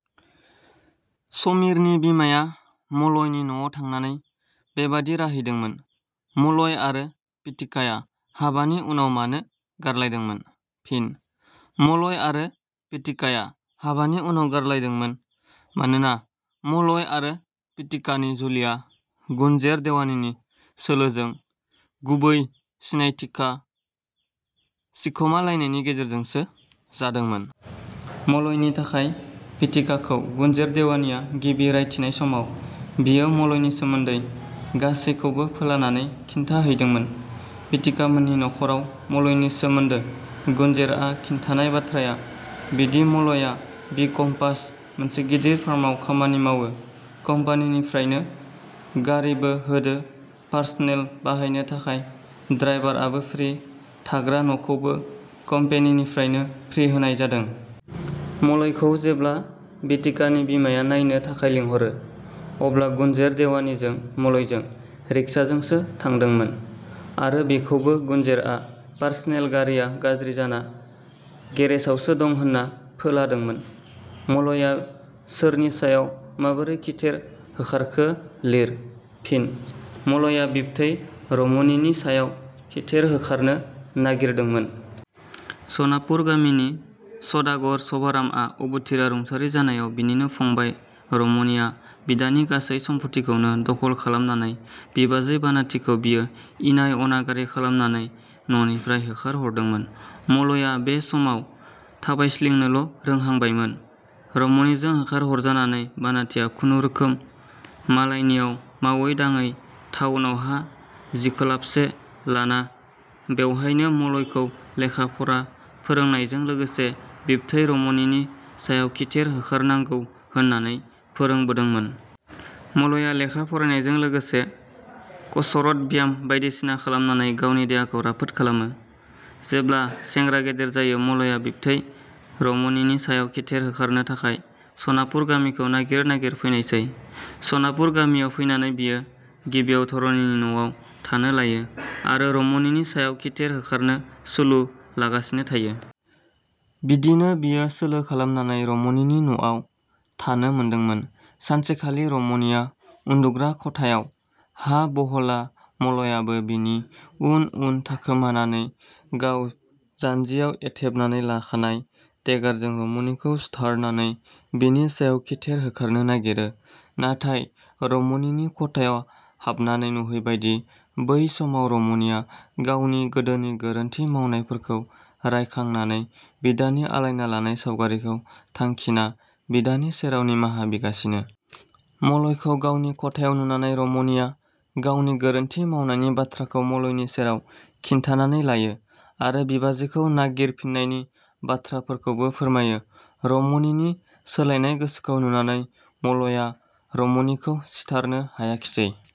" समिरनि बिमाया मलयनि न 'आव थांनानै बेबादिनो राय हैदोंमोन। मलय आरो बिथिकाया हाबानि उनाव मानो गारलायदोंमोन? फिनः मलय आरो बिथिकाया हाबानि उनाव गारलायदोंमोन मानोना मलय आरो बिथिकानि जुलिया गुनजेर देवानिनि सोलोजों गुबै सिनायथिखा सिखमालायनायनि गेजेरजोंसो जादोंमोन। मलयनि थाखाय विथिकाखौ गुनजेर देवानिया गिबि रायथिनाय समाव बियो मलयनि सोमोन्दै गासैखौबो फोलानानै खिन्थाहैदोंमोन। विथिकामोननि नखराव मलयनि सोमोन्दो गुनजेरआ खिन्थानाय बाथ्राया बिदि-मलया बि. कम पास, मोनसे गिदिर फार्मआव खामानि मावो। कम्पानिनिफ्रायनो गारिबो होदो पारसनेल बाहायनो थाखाय, द्राइभारआबो फ्रि, थाग्रा न 'खौबो कम्पेनिनिफ्रायनो फ्रि होनाय जादों। मलयखौ जेब्ला बिथिकानि बिमाया नायनो थाखाय लेंहरो अब्ला गुनजेर देवानिजों मलयजों रिक्साजोंसो थांदोंमोन आरो बेखौबो गुनजेरआ पारसेनल गारिया गाज्रि जाना गेरेसावसो दं होनना फोलादोंमोन। मलया सोरनि सायाव माबोरै खिथेर होखारखो लिर। फिनः मलया बिबथै रमनिनि सायाव खिथेर होखारनो नागिरदोंमोन। सनापुर गामिनि सदागर शभारामआ अबथिरा रुंसारि जानायाव बिनिनो -फंबाइ रमनिया विदानि गासै सम्फथिखौनो दखल खालामनानै बिबाजै- बानाथिखौ बियो इनाय अनागारि खालामनानै न 'निफ्राय होखारहरदोंमोन। मलया बे समाव थाबायस्लिंनोल' रोहांबायमोन। रमनिजों होखारहरजानानै बानाथिया खुनुरोखोम मालायनियाव मावै दाङै थाउनाव हा जिखलाबसे लाना बेवहायनो मलयखौ लेखा फरा फोरोंनायजों लोगोसे बिबथै रमनिनि सायाव खिथेर होखारनांगौ होननानै फोरोंबोदोंमोन। मलया लेखा फरायनायजों लोगोसे कसरत, व्याम बायदिसिना खालामनानै गावनि देहाखौ राफोद खालामो। जेब्ला सेंग्रा गेदेर जायो मलया बिबथै रमनिनि सायाव खिथेर होखारनो थाखाय सनापुर गामिखौ नागिर नागिर फैनायसै। सनापुर गामियाव फैनानै बियो गिबियाव धरनिनि न'आव थानो लायो आरो रमनिनि सायाव खिथेर होखारनो सुलु लागासिनो थायो। बिदिनो बियो सोलो खालामनानै रमनिनि न 'आव थानो मोनदोंमोन। सानसेखालि रमनिया उन्दुग्रा खथायाव हा बहला मलयाबो बिनि उन उन थांखोमानानै गाव जान्जियाव एथेबनानै लाखानाय देगारजों रमनिखौ सुधारनानै बिनि सायाव खिथेर होखारनो नागिरो। नाथाय रमनिनि खथायाव हाबनानै नुहैबायदि बै समाव रमनिया गावनि गोदोनि गोरोन्थि मावनायफोरखौ रायखांनानै बिदानि आलायना लानाय सावगारिखौ थांखिना बिदानि सेराव निमाहा बिगासिनो। मलयखौ गावनि खथायाव नुनानै रमनिया गावनि गोरोन्थि मावनायनि बाथ्राखौ मलयनि सेराव खिन्थानानै लायो आरो बिबाजैखौ नागिर फिननायनि बाथ्राफोरखौबो फोरमायो। रमनिनि सोलायनाय गोसोखौ नुनानै मलया रमनिखौ सिथारनो हायाखिसै।